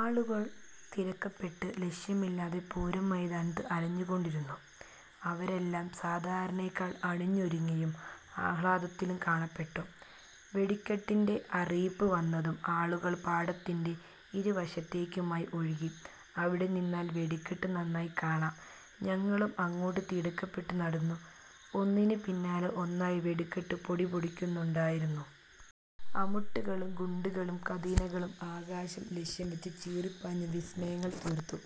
ആളുകൾ തിടുക്കപെട്ട് ലക്ഷ്യമില്ലാതെ പൂര മൈതാനത്ത് അലഞ്ഞുകൊണ്ടിരുന്നു. അവരെല്ലാം സാധാരണയെ ക്കാൾ അണിഞൊരുങ്ങിയും ആഹ്ലാദത്തിലും കാണപ്പെട്ടു. വെടിക്കെട്ടിന്റെ അറിയിപ്പ് വന്നതും ആളുകൾ പാടത്തിന്റെ ഇരു വശത്തേയ്ക്കുമായി ഒഴുകി. അവിടെ നിന്നാൽ വെടിക്കെട്ട് നന്നായി കാണാം. ഞങ്ങളും അങ്ങോട്ട് തിടുക്കപ്പെട്ട് നടന്നു. ഒന്നിന് പിന്നാലെ ഒന്നായി വെടിക്കെട്ട് പൊടിപൊടിയ്ക്കുന്നുണ്ടായിരുന്നു. അമിട്ടുകളും ഗുണ്ടുകളും കതിനകളും ആകാശം ലക്ഷ്യംവച്ച് ചീറി പാഞ്ഞു വിസ്മയങ്ങൾ തീർത്തു.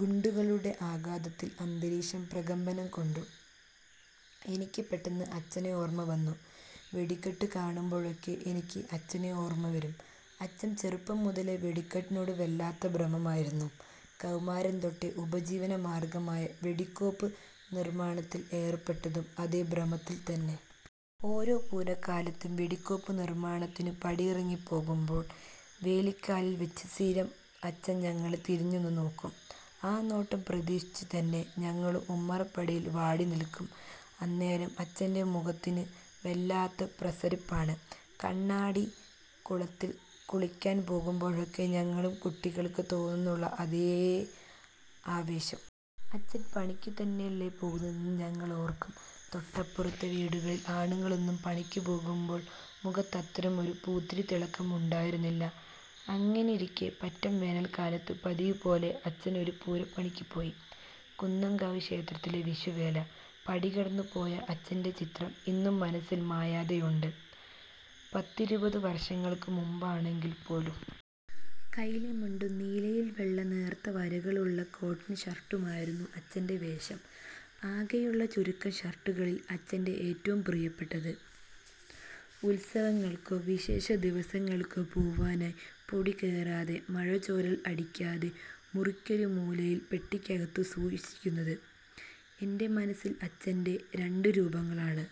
ഗുണ്ടുകളുടെ ആഘാതത്തിൽ അന്തരീക്ഷം പ്രകമ്പനം കൊണ്ടു. എനിക്ക് പെട്ടെന്ന് അച്ഛനെ ഓർമ വന്നു. വെടിക്കെട്ടു കാണുമ്പോഴൊക്കെ എനിക്ക് അച്ഛനെ ഓർമ വരും. അച്ഛന് ചെറുപ്പം മുതലേ വെടിക്കെട്ടിനോട് വല്ലാത്ത ഭ്രമമായിരുന്നു. കൗമാരം തൊട്ടേ ഉപജീവന മാർഗമായി വെടികോപ്പ് നിർമാണത്തിൽ ഏർപ്പെട്ടതും അതേ ഭ്രമത്തിൽതന്നെ. ഓരോ പൂര കാലത്തും വെടികോപ്പ് നിർമാണത്തിനു പടിയിറങ്ങി പോവുമ്പോൾ വേലിക്കലിൽ വച്ച് സ്ഥിരം അച്ഛൻ ഞങ്ങളെ തിരിഞ്ഞൊന്നു നോക്കും. ആ നോട്ടം പ്രതീക്ഷിച്ചു തന്നെ ഞങ്ങളും ഉമ്മറ പടിയിൽ വാടി നിൽക്കും. അന്നേരം അച്ഛന്റെ മുഖത്തിന് വല്ലാത്ത പ്രസരിപ്പാണ്. കണ്ണാടി കുളത്തിൽ കുളിക്കാൻ പോവുമ്പോഴൊക്കെ ഞങ്ങൾ കുട്ടികൾക്ക് തോന്നാന്നുള്ള അതേ ആവേശം. അച്ഛൻ പണിയ്ക്ക് തന്നെയല്ലേ പോവുന്നതെന്ന് ഞങ്ങൾ ഓർക്കും. തൊട്ടപ്പുറത്തെ വീടുകളിൽ ആണുങ്ങളൊന്നും പണിക്ക് പോവുമ്പോൾ മുഖത്തത്തരമൊരു പൂത്തിരി തിളക്കം ഉണ്ടായിരുന്നില്ല. അങ്ങനെയൊരു പറ്റെ വേനൽ കാലത്ത് പതിവ് പോലെ അച്ഛൻ ഒരു പൂരപണിയ്ക്ക് പോയി, കുന്നംകാവ് ക്ഷേത്രത്തിലെ വിഷു വേല. പടി കടന്ന് പോയ അച്ഛന്റെ ചിത്രം ഇന്നും മനസ്സിൽ മായാതെയുണ്ട്, പത്തിരുപതു വർഷങ്ങൾക്ക് മുൻപാണെങ്കിൽ പോലും. കൈലി മുണ്ടും നീലയിൽ വെള്ള നേർത്ത വരകളുമുള്ള കോട്ടൺ ഷർട്ടുമായിരുന്നു അച്ഛന്റെ വേഷം. ആകെയുള്ള ചുരുക്കം ഷർട്ടുകളിൽ അച്ഛന്റെ ഏറ്റവും പ്രിയപ്പെട്ടത്. ഉത്സവങ്ങൾക്കോ വിശേഷ ദിവസങ്ങൾക്കോ പോവാനായി പൊടി കേറാതെ മഴ ചോരൽ അടിക്കാതെ മുറിക്കൊരു മൂലയിൽ പെട്ടിക്കകത്ത് സൂക്ഷിച്ചിരുന്നത്. എന്റെ മനസ്സിൽ അച്ഛന്റെ രണ്ട് രൂപങ്ങളാണ്.